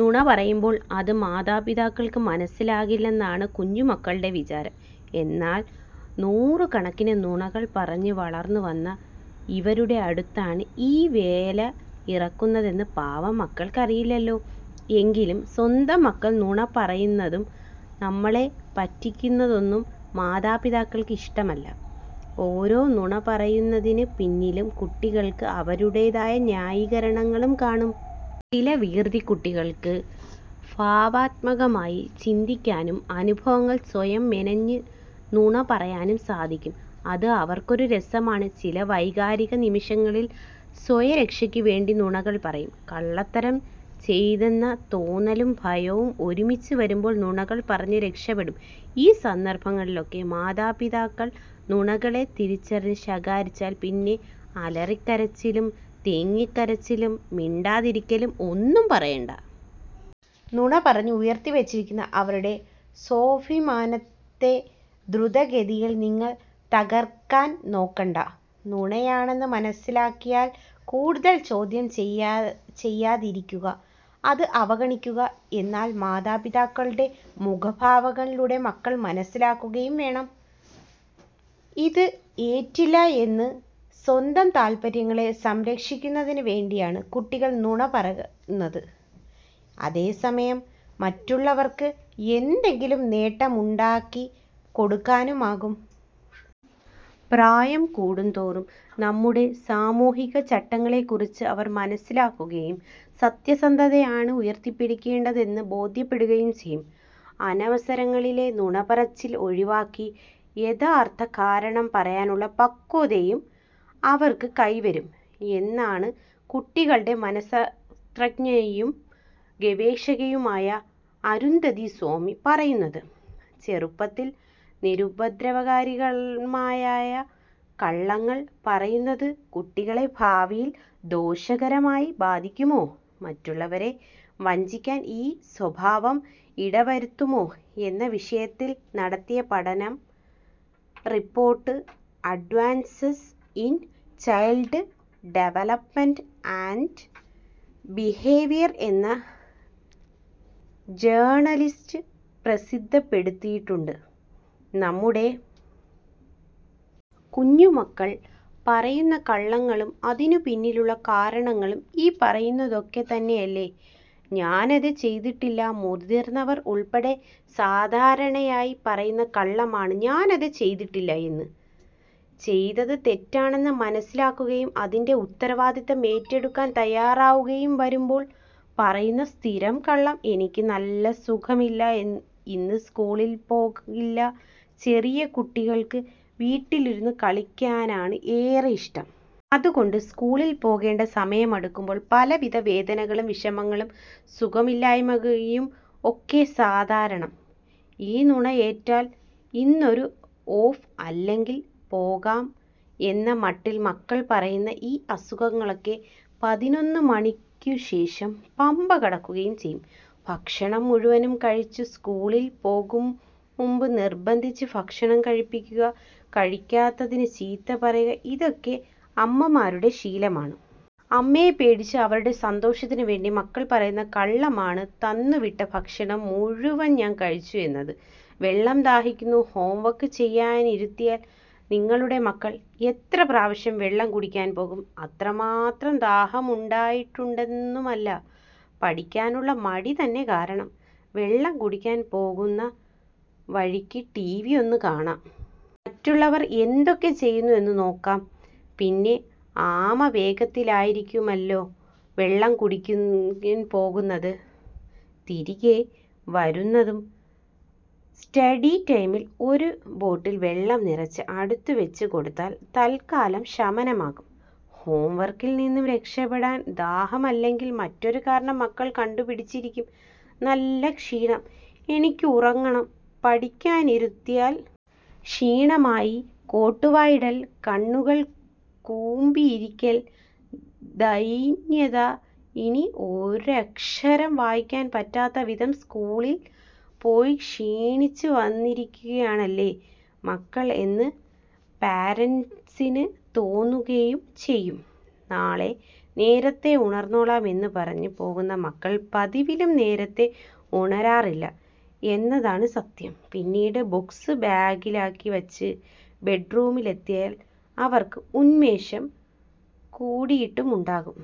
നുണ പറയുമ്പോൾ അത് മാതാപിതാക്കൾക്ക് മനസ്സിലാകില്ലെന്നാണ് കുഞ്ഞുമക്കളുടെ വിചാരം. എന്നാൽ നൂറുകണക്കിന് നുണകൾ പറഞ്ഞ് വളർന്നുവന്ന ഇവരുടെ അടുത്താണ് ഈ വേലയിറക്കുന്നതെന്ന് പാവം മക്കൾക്കറിയില്ലല്ലോ. എങ്കിലും സ്വന്തം മക്കൾ നുണ പറയുന്നതും നമ്മളെ പറ്റിക്കുന്നതൊന്നും മാതാപിതാക്കൾക്കിഷ്ടമല്ല. ഓരോ നുണ പറയുന്നതിന് പിന്നിലും കുട്ടികൾക്ക് അവരുടേതായ ന്യായീകരണങ്ങളും കാണും. ചില വികൃതിക്കുട്ടികൾക്ക് ഭാവനാത്മകമായി ചിന്തിക്കാനും അനുഭവങ്ങൾ സ്വയം മെനഞ്ഞ് നുണ പറയാനും സാധിക്കും. അത് അവർക്കൊരു രസമാണ്. ചില വൈകാരിക നിമിഷങ്ങളിൽ സ്വയരക്ഷയ്ക്ക് വേണ്ടിയും നുണകൾ പറയും. കള്ളത്തരം ചെയ്തെന്ന തോന്നലും ഭയവും ഒരുമിച്ച് വരുമ്പോഴും നുണകൾ പറഞ്ഞ് രക്ഷപ്പെടും.ഈ സന്ദർഭങ്ങളിലൊക്കെ മാതാപിതാക്കൾ നുണകളെ തിരിച്ചറിഞ്ഞ് ശകാരിച്ചാൽ പിന്നെ അലറിക്കരച്ചിലും തേങ്ങിക്കരച്ചിലും മിണ്ടാതിരിക്കലും ഒന്നും പറയണ്ട. നുണ പറഞ്ഞ് ഉയർത്തിവച്ചിരിക്കുന്ന അവരുടെ സ്വാഭിമാനത്തെ ധ്രുതഗതിയിൽ നിങ്ങൾ തകർക്കാൻ നോക്കണ്ട. നുണയാണെന്ന് മനസ്സിലായാൽ കൂടുതൽ ചോദ്യം ചെയ്യാതിരിക്കുക, അത് അവഗണിക്കുക. എന്നാൽ മാതാപിതാക്കളുടെ മുഖഭാവങ്ങളിലൂടെ മക്കൾ മനസ്സിലാക്കുകയും വേണം, ഇത് ഏറ്റില്ല എന്ന്.സ്വന്തം താൽപര്യങ്ങളെ സംരക്ഷിക്കുന്നതിന് വേണ്ടിയാണ് കുട്ടികൾ നുണകൾ പറയുന്നത്. അതേസമയം മറ്റുള്ളവർക്ക് എന്തെങ്കിലും നേട്ടമുണ്ടാക്കി കൊടുക്കാനുമാകാം. പ്രായം കൂടുന്തോറും നമ്മുടെ സാമൂഹിക ചട്ടങ്ങളെക്കുറിച്ച് അവർ മനസ്സിലാക്കുകയും സത്യസന്ധതയാണ് ഉയർത്തിപ്പിടിക്കേണ്ടതെന്ന് ബോധ്യപ്പെടുകയും ചെയ്യും. അനവസരങ്ങളിലെ നുണപറച്ചിൽ ഒഴിവാക്കി യഥാർത്ഥ കാരണം പറയാനുള്ള പക്വതയും അവർക്ക് കൈവരും എന്നാണ് കുട്ടികളുടെ മനഃശാസ്ത്രജ്ഞയും ഗവേഷകയുമായ അരുന്ധതി സ്വാമി പറയുന്നത്. ചെറുപ്പത്തിൽ നിരുപദ്രവകരമായ കള്ളങ്ങൾ പറയുന്നത് കുട്ടികളെ ഭാവിയിൽ ദോഷകരമായി ബാധിക്കുമോ, മറ്റുള്ളവരെ വഞ്ചിക്കാൻ ഈ സ്വഭാവം ഇടവരുത്തുമോ എന്ന വിഷയത്തിൽ നടത്തിയ പഠന report advances in child development and behaviour എന്ന ജേർണലിൽ പ്രസിദ്ധപ്പെടുത്തിയിട്ടുണ്ട്. നമ്മുടെ കുഞ്ഞുമക്കൾ പറയുന്ന കള്ളങ്ങളും അതിനു പിന്നിലുള്ള കാരണങ്ങളും ഈ പറയുന്നതൊക്കെത്തന്നെയല്ലേ? ഞാനത് ചെയ്തിട്ടില്ല. മുതിർന്നവർ ഉൾപ്പെടെ സാധാരണയായി പറയുന്ന കള്ളമാണ് ഞാനത് ചെയ്തിട്ടില്ല എന്ന്. ചെയ്തത് തെറ്റാണെന്ന് മനസ്സിലാക്കുകയും അതിൻ്റെ ഉത്തരവാദിത്തം ഏറ്റെടുക്കാൻ തയ്യാറാകാതെയും വരുമ്പോൾ പറയുന്ന സ്ഥിരം കള്ളം. എനിക്ക് നല്ല സുഖമില്ല, ഇന്ന് സ്കൂളിൽ പോകില്ല. ചെറിയ കുട്ടികൾക്ക് വീട്ടിലിരുന്ന് കളിക്കാനാണ് ഏറെയിഷ്ടം. അതുകൊണ്ട് സ്കൂളിൽ പോകേണ്ട സമയമടുക്കുമ്പോൾ പലവിധ വേദനകളും വിഷമങ്ങളും സുഖമില്ലായ്മയും ഒക്കെ സാധാരണം. ഈ നുണ ഏറ്റാൽ ഇന്നൊരു ഓഫ് അല്ലെങ്കിൽ പോകാം എന്ന മട്ടിൽ മക്കൾ പറയുന്ന ഈ അസുഖങ്ങളൊക്കെ പതിനൊന്ന് മണിക്കുശേഷം പമ്പ കടക്കുകയും ചെയ്യും. ഭക്ഷണം മുഴുവനും കഴിച്ചു. സ്കൂളിൽ പോകുംമുമ്പ് നിർബന്ധിച്ച് ഭക്ഷണം കഴിപ്പിക്കുക, കഴിക്കാത്തതിന് ചീത്ത പറയുക, ഇതൊക്കെ അമ്മമാരുടെ ശീലമാണ്. അമ്മയെ പേടിച്ച് അവരുടെ സന്തോഷത്തിന് വേണ്ടി മക്കൾ പറയുന്ന കള്ളമാണ് തന്നുവിട്ട ഭക്ഷണം മുഴുവൻ ഞാൻ കഴിച്ചു എന്നത്. വെള്ളം ദാഹിക്കുന്നു. ഹോംവർക്ക് ചെയ്യാനിരുത്തിയാൽ നിങ്ങളുടെ മക്കൾ എത്ര പ്രാവശ്യം വെള്ളം കുടിക്കാൻ പോകും? അത്രമാത്രം ദാഹമുണ്ടായിട്ടൊന്നുമല്ല. പഠിക്കാനുള്ള മടി തന്നെ കാരണം. വെള്ളം കുടിക്കാൻ പോകുന്ന വഴിക്ക് ടിവിയൊന്ന് കാണാം. മറ്റുള്ളവർ എന്തൊക്കെ ചെയ്യുന്നു എന്ന് നോക്കാം. പിന്നെ ആമ വേഗത്തിലായിരിക്കുമല്ലോ വെള്ളം കുടിക്കാൻ പോകുന്നതും തിരികെ വരുന്നതും. സ്റ്റഡി ടൈമിൽ ഒരു ബോട്ടിൽ വെള്ളം നിറച്ച് അടുത്ത് വച്ചുകൊടുത്താൽ തൽക്കാല ശമനമാകും. ഹോംവർക്കിൽനിന്നും രക്ഷപ്പെടാൻ ദാഹം അല്ലെങ്കിൽ മറ്റൊരു കാരണം മക്കൾ കണ്ടുപിടിച്ചിരിക്കും. നല്ല ക്ഷീണം, എനിക്കുറങ്ങണം. പഠിപ്പിക്കാനിരുത്തിയാൽ ക്ഷീണമായി കോട്ടുവായിടൽ, കണ്ണുകൾ കൂമ്പിയിരിക്കൽ, ദൈന്യത. ഇനി ഒരക്ഷരം വായിക്കാൻ പറ്റാത്തവിധം സ്കൂളിൽ പോയി ക്ഷീണിച്ചുവന്നിരിക്കയാണല്ലോ മക്കൾ എന്ന് പേരന്റ്സിന് തോന്നുകയും ചെയ്യും. നാളെ നേരത്തേ ഉണർന്നോളാം എന്നു പറഞ്ഞു പോകുന്ന മക്കൾ പതിവിലും നേരത്തേ ഉണരാറില്ല എന്നതാണ് സത്യം. പിന്നെ ബുക്സ് ബാഗിലാക്കി വച്ച് ബെഡ്റൂമിൽ എത്തിയാൽ അവർക്ക് ഉന്മേഷം കൂടിയിട്ടുമുണ്ടാകും.